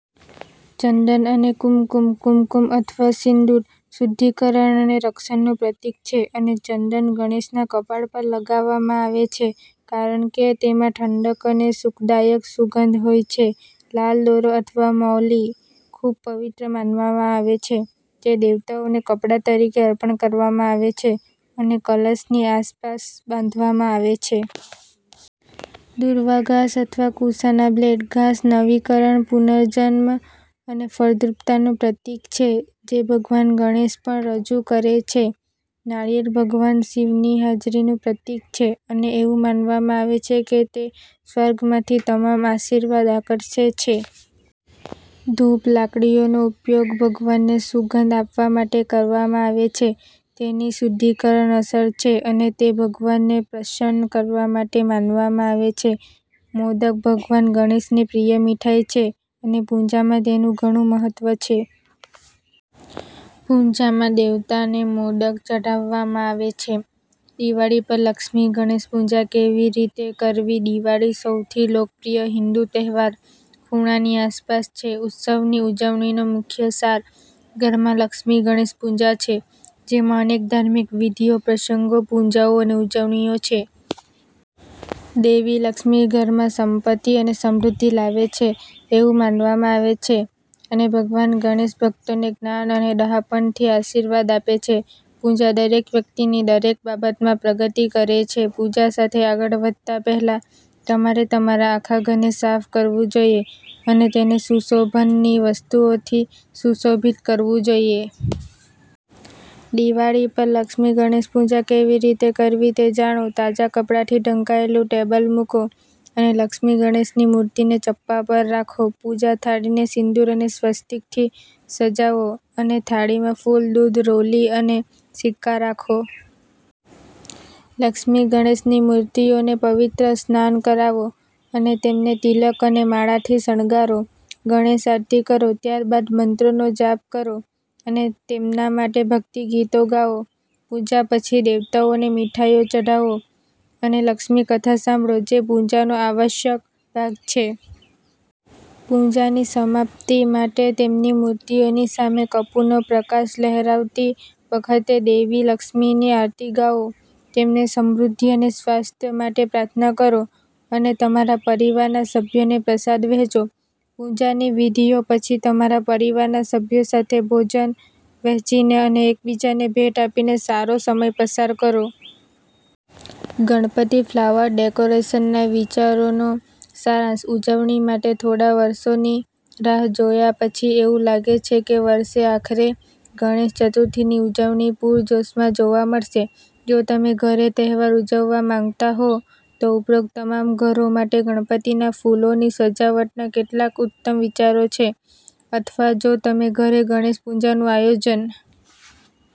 ચંદન અને કુમકુમ. કુમકુમ અથવા સિંદૂર શુદ્ધિકરણ અને રક્ષણનું પ્રતીક છે, અને ચંદન ગણેશના કપાળ પર લગાવવામાં આવે છે કારણ કે તેમાં ઠંડક અને સુખદાયક સુગંધ હોય છે. લાલ દોરો અથવા મૌલી. ખૂબ પવિત્ર માનવામાં આવે છે, તે દેવતાને કપડા તરીકે અર્પણ કરવામાં આવે છે અને કલશની આસપાસ બાંધવામાં આવે છે. દુર્વા ઘાસ અથવા કુશાના બ્લેડ. ઘાસ નવીકરણ, પુનર્જન્મ અને ફળદ્રુપતાનું પ્રતીક છે, જે ભગવાન ગણેશ પણ રજૂ કરે છે. નારિયેળ ભગવાન શિવની હાજરીનું પ્રતીક છે અને એવું માનવામાં આવે છે કે તે સ્વર્ગમાંથી તમામ આશીર્વાદ આકર્ષે છે. ધૂપ લાકડીઓનો ઉપયોગ ભગવાનને સુગંધ આપવા માટે કરવામાં આવે છે. તેની શુદ્ધિકરણ અસર છે અને તે ભગવાનને પ્રસન્ન કરવા માટે માનવામાં આવે છે. મોદક ભગવાન ગણેશની પ્રિય મીઠાઈ છે અને પૂજામાં તેનું ઘણું મહત્વ છે. પૂજામાં દેવતાને મોદક ચઢાવવામાં આવે છે. દિવાળી પર લક્ષ્મી ગણેશ પૂજા કેવી રીતે કરવી? દિવાળી, સૌથી લોકપ્રિય હિન્દુ તહેવાર, ખૂણાની આસપાસ છે. ઉત્સવની ઉજવણીનો મુખ્ય સાર. ઘરમાં લક્ષ્મી ગણેશ પૂજા છે, જેમાં અનેક ધાર્મિક વિધિઓ, પ્રસંગો, પૂજાઓ અને ઉજવણીઓ છે. દેવી લક્ષ્મી ઘરમાં સંપત્તિ અને સમૃદ્ધિ લાવે છે એવું માનવામાં આવે છે, અને ભગવાન ગણેશ ભક્તોને જ્ઞાન અને ડહાપણથી આશીર્વાદ આપે છે. પૂજા દરેક વ્યક્તિની દરેક બાબતમાં પ્રગતિ કરે છે. પૂજા સાથે આગળ વધતા પહેલા, તમારે તમારા આખા ઘરને સાફ કરવું જોઈએ અને તેને સુશોભનની વસ્તુઓથી સુશોભિત કરવું જોઈએ. દિવાળી પર લક્ષ્મી ગણેશ પૂજા કેવી રીતે કરવી તે જાણો. તાજા કપડાથી ઢંકાયેલું ટેબલ મૂકો અને લક્ષ્મી ગણેશની મૂર્તિને ચપ્પા પર રાખો. પૂજા થાળીને સિંદૂર અને સ્વસ્તિકથી સજાવો અને થાળીમાં ફૂલ, દૂધ, રોલી અને સિક્કા રાખો. લક્ષ્મી ગણેશની મૂર્તિઓને પવિત્ર સ્નાન કરાવો અને તેમને તિલક અને માળાથી શણગારો. ગણેશ આરતી કરો, ત્યારબાદ મંત્રોનો જાપ કરો અને તેમના માટે ભક્તિ ગીતો ગાઓ. પૂજા પછી દેવતાઓને મીઠાઈઓ ચઢાવો અને લક્ષ્મી કથા સાંભળો, જે પૂજાનો આવશ્યક ભાગ છે. પૂજાની સમાપ્તિ માટે, તેમની મૂર્તિઓની સામે કપૂરનો પ્રકાશ લહેરાવતી વખતે દેવી લક્ષ્મીની આરતી ગાઓ. તેમને સમૃદ્ધિ અને સ્વાસ્થ્ય માટે પ્રાર્થના કરો અને તમારા પરિવારના સભ્યોને પ્રસાદ વહેંચો. પૂજાની વિધિઓ પછી, તમારા પરિવારના સભ્યો સાથે ભોજન વહેંચીને અને એકબીજાને ભેટ આપીને સારો સમય પસાર કરો. ગણપતિ ફ્લાવર ડેકોરેશનના વિચારોનો સારાંશ. ઉજવણી માટે થોડા વર્ષોની રાહ જોયા પછી, એવું લાગે છે કે વર્ષે આખરે ગણેશ ચતુર્થીની ઉજવણી પૂરજોશમાં જોવા મળશે. જો તમે ઘરે તહેવાર ઉજવવા માંગતા હો, તો ઉપરોક્ત તમામ ઘરો માટે ગણપતિના ફૂલોની સજાવટના કેટલાક ઉત્તમ વિચારો છે. અથવા, જો તમે ઘરે ગણેશ પૂજાનું આયોજન